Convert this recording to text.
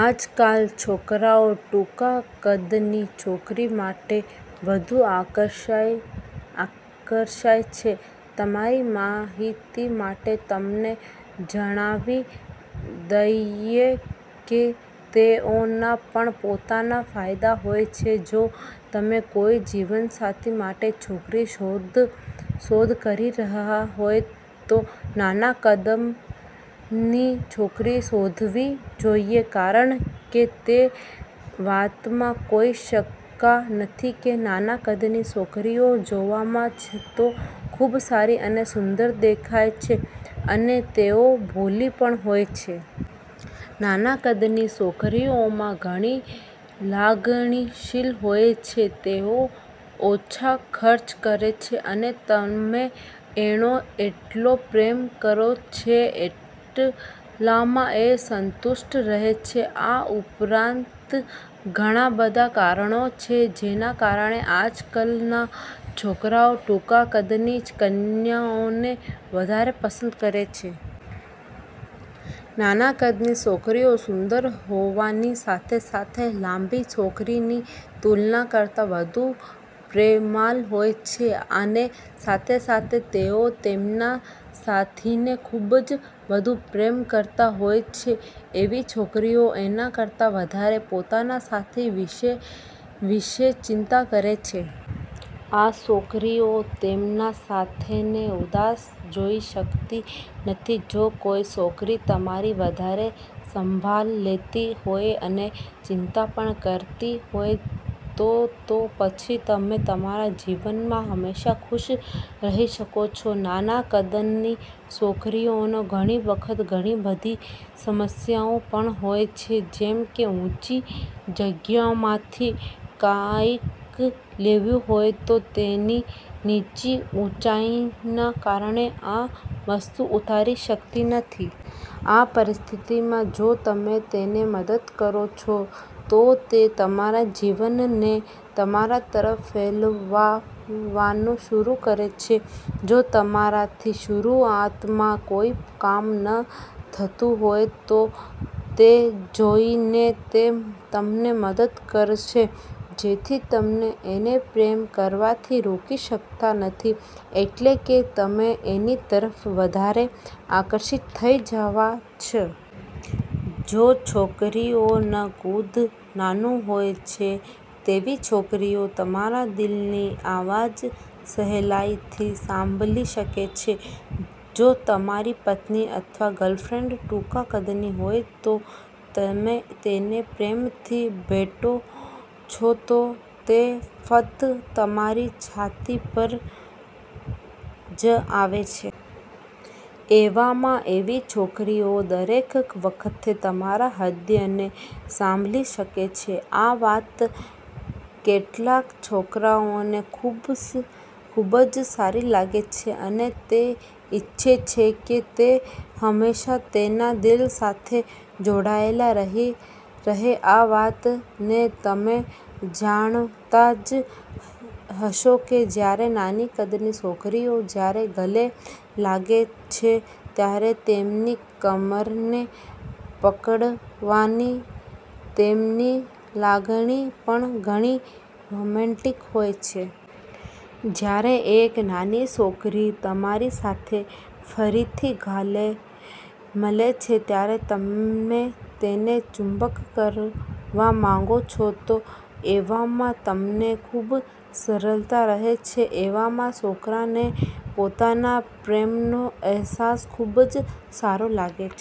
આજકાલ, છોકરાઓ ટૂંકા કદની છોકરી માટે વધુ આકર્ષાય છે. તમારી માહિતી માટે, તમને જણાવી દઈએ કે તેઓના પણ પોતાના ફાયદા હોય છે. જો તમે કોઈ જીવનસાથી માટે છોકરી શોધ કરી રહ્યા હોય, તો નાના કદની છોકરી શોધવી જોઈએ કારણ કે તે વાતમાં કોઈ શંકા નથી કે નાના કદની છોકરીઓ જોવામાં તો ખૂબ સારી અને સુંદર દેખાય છે અને તેઓ ભોળી પણ હોય છે. નાના કદની છોકરીઓમાં ઘણી લાગણીશીલ હોય છે, તેઓ ઓછા ખર્ચ કરે છે અને તમે એણે જેટલો પ્રેમ કરો છો એટલામાં એ સંતુષ્ટ રહે છે. આ ઉપરાંત, ઘણા બધા કારણો છે જેના કારણે આજકાલ ના છોકરાઓ ટૂંકા કદની કન્યાઓને વધારે પસંદ કરે છે. નાના કદની છોકરીઓ સુંદર હોવાની સાથે સાથે લાંબી છોકરી ની તુલના કરતાં વધુ પ્રેમાળ હોય છે અને સાથે સાથે તેઓ તેમના સાથીને ખુબ જ વધુ પ્રેમ કરતા હોય છે. એવી છોકરીઓ એના કરતા વધારે પોતાના સાથી વિશે ચિંતા કરે છે. આ છોકરીઓ તેમના સાથીને ઉદાસ જોઈ શકતી નથી, જો કોઈ છોકરી તમારી વધારે સંભાળ લેતી હોય અને ચિંતા પણ કરતી હોય તો તો પછી તમે તમારા જીવનમાં હંમેશાં ખુશ રહી શકો છો. નાના કદની છોકરીઓને ઘણી વખત ઘણી બધી સમસ્યાઓ પણ હોય છે જેમ કે ઊંચી જગ્યામાંથી કંઈક લેવું હોય તો તેની નીચી ઊંચાઈના કારણે, આ વસ્તુ ઉતારી શકતી નથી. આ પરિસ્થિતિમાં, જો તમે તેને મદદ કરો છો, તો તે તમારા જીવનને તમારા તરફ ફેલાવવાનું શરૂ કરે છે. જો તમારાથી શરૂઆતમાં કોઇ કામ ન થતું હોય, તો તે જોઈને તે તમને મદદ કરશે, જેથી તમે એને પ્રેમ કરવાથી રોકી શકતા નથી એટલે કે તમે એની તરફ વધારે આકર્ષિત થઇ જાવ છો. જે છોકરીઓ નું કદ નાનું હોય છે, તેવી છોકરીઓ તમારા દિલની અવાજ સહેલાઈથી સાંભળી શકે છે, જો તમારી પત્ની અથવા ગર્લફ્રેન્ડ ટૂંકા કદની હોય તો તમે તેને પ્રેમથી ભેટો છો, તો તે ફક્ત તમારી છાતી પર જ આવે છે. એવામાં એવી છોકરીઓ દરેક વખતે તમારા હૃદયને સાંભળી શકે છે. આ વાત કેટલાક છોકરાઓને ખૂબ જ સારી લાગે છે અને તે ઈચ્છે છે કે તે હંમેશાં તેના દિલ સાથે જોડાયેલી રહે, આ વાત ને તમે જાણતા જ હશો કે જ્યારે નાની કદની છોકરીઓ જ્યારે ગળે લાગે છે, ત્યારે તેમની કમરને પકડવાની તેમની લાગણી પણ ઘણી રોમેન્ટિક હોય છે. જ્યારે એક નાની છોકરી તમારી સાથે ફરીથી ગળે મળે છે ત્યારે તમે તેને ચુંબન કરવા માંગો છો, તો એવામાં તમને ખૂબ સરળતા રહે છે. એવામાં છોકરા ને પોતાના પ્રેમનો અહેસાસ ખુબ જ સારો લાગે છે.